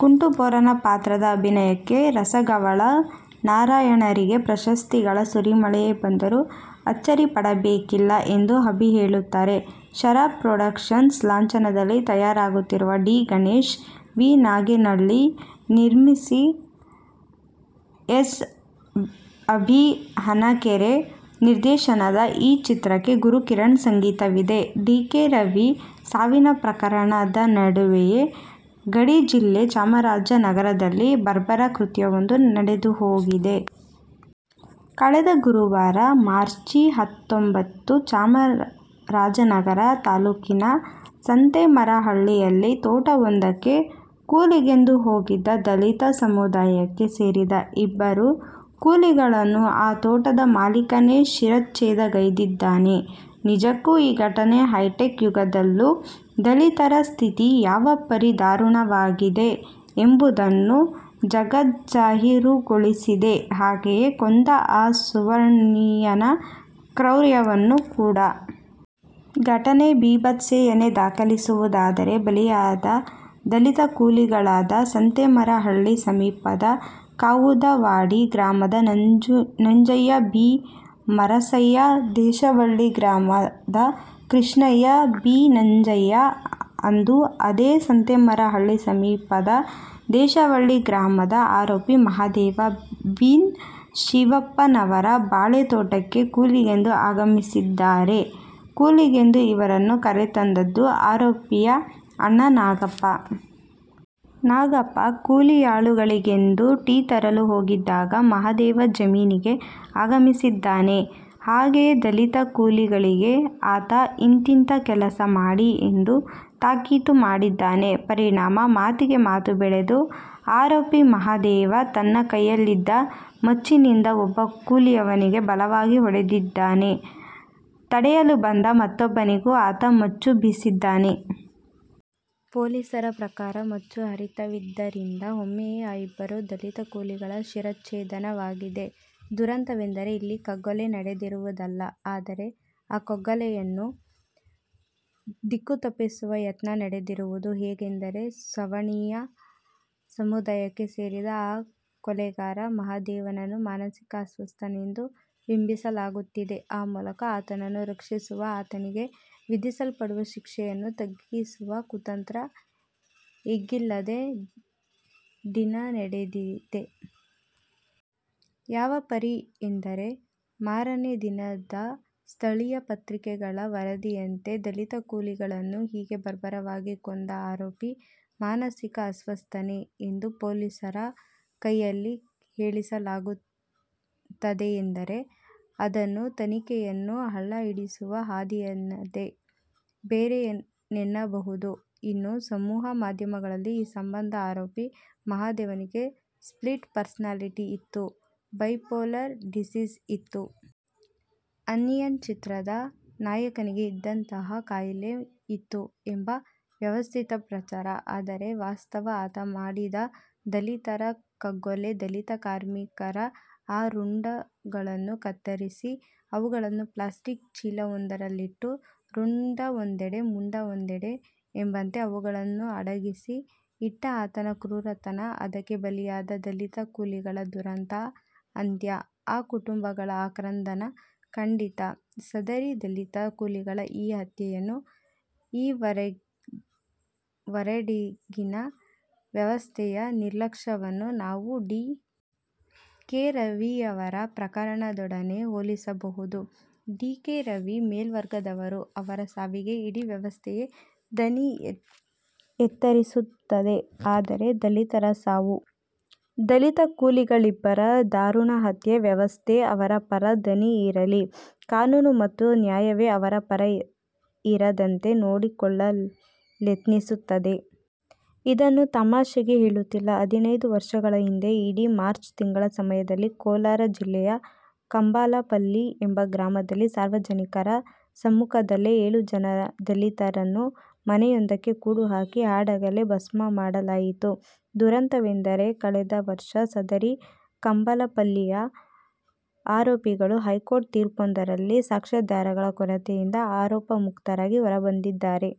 ಕುಂಟು ಬೋರನ ಪಾತ್ರದ ಅಭಿನಯಕ್ಕೆ ರಸಗವಳ ನಾರಾಯಣರಿಗೆ ಪ್ರಶಸ್ತಿಗಳ ಸುರಿಮಳೆಯೇ ಬಂದರೂ ಅಚ್ಚರಿ ಪಡಬೇಕಿಲ್ಲ ಎಂದು ಅಭಿಹೇಳುತ್ತಾರೆ. ಶರ ಪ್ರೊಡಕ್ಷನ್ಸ್ ಲಾಂಛನದಲ್ಲಿ ತಯಾರಾಗುತ್ತಿರುವ ಡಿ. ಗಣೇಶ್ ವಿ ನಾಗೇನಹಳ್ಳಿ ನಿರ್ಮಿಸಿ ಎಸ್ ಅಭಿ ಹನಕೆರೆ ನಿರ್ದೇಶನದ ಈ ಚಿತ್ರಕ್ಕೆ ಗುರುಕಿರಣ್ ಸಂಗೀತವಿದೆ. ಡಿ. ಕೆ. ರವಿ ಸಾವಿನ ಪ್ರಕರಣದ ನಡುವೆಯೇ ಗಡಿ ಜಿಲ್ಲೆ ಚಾಮರಾಜನಗರದಲ್ಲಿ ಬರ್ಬರ ಕೃತ್ಯವೊಂದು ನಡೆದುಹೋಗಿದೆ. ಕಳೆದ ಗುರುವಾರ ಮಾರ್ಚಿ ಹತ್ತೊಂಬತ್ತು, ಚಾಮರಾಜನಗರ ತಾಲ್ಲೂಕಿನ ಸಂತೆಮರಹಳ್ಳಿಯಲ್ಲಿ ತೋಟವೊಂದಕ್ಕೆ ಕೂಲಿಗೆಂದು ಹೋಗಿದ್ದ ದಲಿತ ಸಮುದಾಯಕ್ಕೆ ಸೇರಿದ ಇಬ್ಬರು ಕೂಲಿಗಳನ್ನು ಆ ತೋಟದ ಮಾಲೀಕನೇ ಶಿರಚ್ಛೇಧಗೈದಿದ್ದಾನೆ. ನಿಜಕ್ಕೂ ಈ ಘಟನೆ ಹೈಟೆಕ್ ಯುಗದಲ್ಲೂ ದಲಿತರ ಸ್ಥಿತಿ ಯಾವ ಪರಿ ದಾರುಣವಾಗಿದೆ ಎಂಬುದನ್ನು ಜಗಜ್ಜಾಹೀರುಗೊಳಿಸಿದೆ ಹಾಗೆಯೇ ಕೊಂದ ಆ ಸವರ್ಣೀಯನ ಕ್ರೌರ್ಯವನ್ನೂ ಕೂಡ. ಘಟನೆಯ ಭೀಭತ್ಸತೆಯನ್ನೇ ದಾಖಲಿಸುವುದಾದರೆ ಬಲಿಯಾದ ದಲಿತ ಕೂಲಿಗಳಾದ ಸಂತೆಮರಹಳ್ಳಿ ಸಮೀಪದ ಕಾವುದವಾಡಿ ಗ್ರಾಮದ ನಂಜಯ್ಯ ಬಿನ್ ಮರಸಯ್ಯ, ದೇಶವಳ್ಳಿ ಗ್ರಾಮದ ಕೃಷ್ಣಯ್ಯ ಬಿನ್ ನಂಜಯ್ಯ ಅಂದು ಅದೇ ಸಂತೇಮರಹಳ್ಳಿ ಸಮೀಪದ ದೇಶವಳ್ಳಿ ಗ್ರಾಮದ ಆರೋಪಿ ಮಹದೇವ ಬಿನ್ ಶಿವಪ್ಪನವರ ಬಾಳೆ ತೋಟಕ್ಕೆ ಕೂಲಿಗೆಂದು ಆಗಮಿಸಿದ್ದಾರೆ. ಕೂಲಿಗೆಂದು ಇವರನ್ನು ಕರೆತಂದದ್ದು ಆರೋಪಿಯ ಅಣ್ಣ ನಾಗಪ್ಪ. ನಾಗಪ್ಪ ಕೂಲಿಯಾಳುಗಳಿಗೆಂದು ಟೀ ತರಲು ಹೋಗಿದ್ದಾಗ ಮಹದೇವ ಜಮೀನಿಗೆ ಆಗಮಿಸಿದ್ದಾನೆ ಹಾಗೆಯೇ ದಲಿತ ಕೂಲಿಗಳಿಗೆ ಆತ ಇಂತಿಂಥ ಕೆಲಸ ಮಾಡಿ ಎಂದು ತಾಕೀತುಮಾಡಿದ್ದಾನೆ. ಪರಿಣಾಮ ಮಾತಿಗೆ ಮಾತು ಬೆಳೆದು ಆರೋಪಿ ಮಹದೇವ ತನ್ನ ಕೈಯಲ್ಲಿದ್ದ ಮಚ್ಚಿನಿಂದ ಒಬ್ಬ ಕೂಲಿಯವನಿಗೆ ಬಲವಾಗಿ ಹೊಡೆದಿದ್ದಾನೆ ತಡೆಯಲು ಬಂದ ಮತ್ತೊಬ್ಬನಿಗೂ ಆತ ಮಚ್ಚು ಬೀಸಿದ್ದಾನೆ. ಪೊಲೀಸರ ಪ್ರಕಾರ ಮಚ್ಚು ಹರಿತವಿದ್ದರಿಂದ ಒಮ್ಮೆಯೇ ಆ ಇಬ್ಬರು ದಲಿತ ಕೂಲಿಗಳ ಶಿರಚ್ಛೇಧನವಾಗಿದೆ. ದುರಂತವೆಂದರೆ ಇಲ್ಲಿ ಕಗ್ಗೊಲೆ ನಡೆದಿರುವುದಲ್ಲ, ಆದರೆ ಆ ಕಗ್ಗೊಲೆಯನ್ನು ದಿಕ್ಕುತಪ್ಪಿಸುವ ಯತ್ನ ನಡೆದಿರುವುದು. ಹೇಗೆಂದರೆ ಸವರ್ಣೀಯ ಸಮುದಾಯಕ್ಕೆ ಸೇರಿದ ಆ ಕೊಲೆಗಾರ ಮಹದೇವನನ್ನು ಮಾನಸಿಕ ಅಸ್ವಸ್ಥನೆಂದು ಬಿಂಬಿಸಲಾಗುತ್ತಿದೆ. ಆ ಮೂಲಕ ಆತನನ್ನು ರಕ್ಷಿಸುವ, ಆತನಿಗೆ ವಿಧಿಸಲ್ಪಡುವ ಶಿಕ್ಷೆಯನ್ನು ತಗ್ಗಿಸುವ ಕುತಂತ್ರ ಎಗ್ಗಿಲ್ಲದೆ ಡಿನಡೆದಿದೆ. ಯಾವ ಪರಿ ಎಂದರೆ ಮಾರನೇ ದಿನದ ಸ್ಥಳೀಯ ಪತ್ರಿಕೆಗಳ ವರದಿಯಂತೆ ದಲಿತ ಕೂಲಿಗಳನ್ನು ಹೀಗೆ ಬರ್ಬರವಾಗಿ ಕೊಂದ "ಆರೋಪಿ ಮಾನಸಿಕ ಅಸ್ವಸ್ಥನೇ? " ಎಂದು ಪೊಲೀಸರ ಕೈಯಲ್ಲಿ ಹೇಳಿಸಲಾಗುತ್ತದೆಯೆಂದರೆ ಅದನ್ನು ತನಿಖೆಯನ್ನು ಹಳ್ಳಹಿಡಿಸುವ ಹಾದಿಯೆನ್ನದೆ ಬೇರೇನೆನ್ನಬಹುದು. ಇನ್ನು ಸಮೂಹ ಮಾಧ್ಯಮಗಳಲ್ಲಿ ಈ ಸಂಬಂಧ ಆರೋಪಿ ಮಹದೇವನಿಗೆ 'ಸ್ಪ್ಲಿಟ್ ಪರ್ಸನಾಲಿಟಿ' ಇತ್ತು, 'ಬೈಪೋಲಾರ್ ಡಿಸೀಸ್' ಇತ್ತು. 'ಅನ್ನಿಯನ್' ಚಿತ್ರದ ನಾಯಕನಿಗೆ ಇದ್ದಂತಹ ಕಾಯಿಲೆ ಇತ್ತು ಎಂಬ ವ್ಯವಸ್ಥಿತ ಪ್ರಚಾರ. ಆದರೆ ವಾಸ್ತವ ಆತ ಮಾಡಿದ ದಲಿತರ ಕಗ್ಗೊಲೆ ದಲಿತ ಕಾರ್ಮಿಕರ ಆ ರುಂಡಗಳನ್ನು ಕತ್ತರಿಸಿ ಅವುಗಳನ್ನು ಪ್ಲಾಸ್ಟಿಕ್ ಚೀಲವೊಂದರಲ್ಲಿಟ್ಟು ರುಂಡವೊಂದೆಡೆ ಮುಂಡವೊಂದೆಡೆ ಎಂಬಂತೆ ಅವುಗಳನ್ನು ಅಡಗಿಸಿ ಇಟ್ಟ ಆತನ ಕ್ರೂರತನ, ಅದಕ್ಕೆ ಬಲಿಯಾದ ದಲಿತ ಕೂಲಿಗಳ ದುರಂತ ಅಂತ್ಯ, ಆ ಕುಟುಂಬಗಳ ಆಕ್ರಂಧನ ಖಂಡಿತ, ಸದರಿ ದಲಿತ ಕೂಲಿಗಳ ಈ ಹತ್ಯೆಯನ್ನು ಅವರೆಡೆಗಿನ ವ್ಯವಸ್ಥೆಯ ನಿರ್ಲಕ್ಷ್ಯವನ್ನು ನಾವು ಡಿ. ಕೆ. ರವಿಯವರ ಪ್ರಕರಣದೊಡನೆ ಹೋಲಿಸಬಹುದು. ಡಿ. ಕೆ. ರವಿ ಮೇಲ್ವರ್ಗದವರು ಅವರ ಸಾವಿಗೆ ಇಡೀ ವ್ಯವಸ್ಥೆಯೇ ದನಿ ಎತ್ತರಿಸುತ್ತದೆ. ಆದರೆ ದಲಿತರ ಸಾವು? ದಲಿತ ಕೂಲಿಗಳಿಬ್ಬರ ದಾರುಣ ಹತ್ಯೆ? ವ್ಯವಸ್ಥೆ ಅವರ ಪರ ದನಿ ಇರಲಿ, ಕಾನೂನು ಮತ್ತು ನ್ಯಾಯವೇ ಅವರ ಪರ ಇರದಂತೆ ನೋಡಿಕೊಳ್ಳಲೆತ್ನಿಸುತ್ತದೆ. ಇದನ್ನು ತಮಾಷೆಗೆ ಹೇಳುತ್ತಿಲ್ಲ. ಹದಿನೈದು ವರ್ಷಗಳ ಹಿಂದೆ ಇದೇ ಮಾರ್ಚ್ ತಿಂಗಳ ಸಮಯದಲ್ಲಿ ಕೋಲಾರ ಜಿಲ್ಲೆಯ ಕಂಬಾಲಪಲ್ಲಿ ಎಂಬ ಗ್ರಾಮದಲ್ಲಿ ಸಾರ್ವಜನಿಕರ ಸಮ್ಮುಖದಲ್ಲೇ ಏಳು ಜನ ದಲಿತರನ್ನು ಮನೆಯೊಂದಕ್ಕೆ ಕೂಡಿಹಾಕಿ ಹಾಡಹಗಲೇ ಭಸ್ಮಮಾಡಲಾಯಿತು. ದುರಂತವೆಂದರೆ ಕಳೆದ ವರ್ಷ ಸದರಿ ಕಂಬಾಲಪಲ್ಲಿಯ ಆರೋಪಿಗಳು ಹೈಕೋರ್ಟ್ ತೀರ್ಪೊಂದರಲ್ಲಿ ಸಾಕ್ಷ್ಯಾಧಾರಗಳ ಕೊರತೆಯಿಂದ ಆರೋಪಮುಕ್ತರಾಗಿ ಹೊರಬಂದಿದ್ದಾರೆ.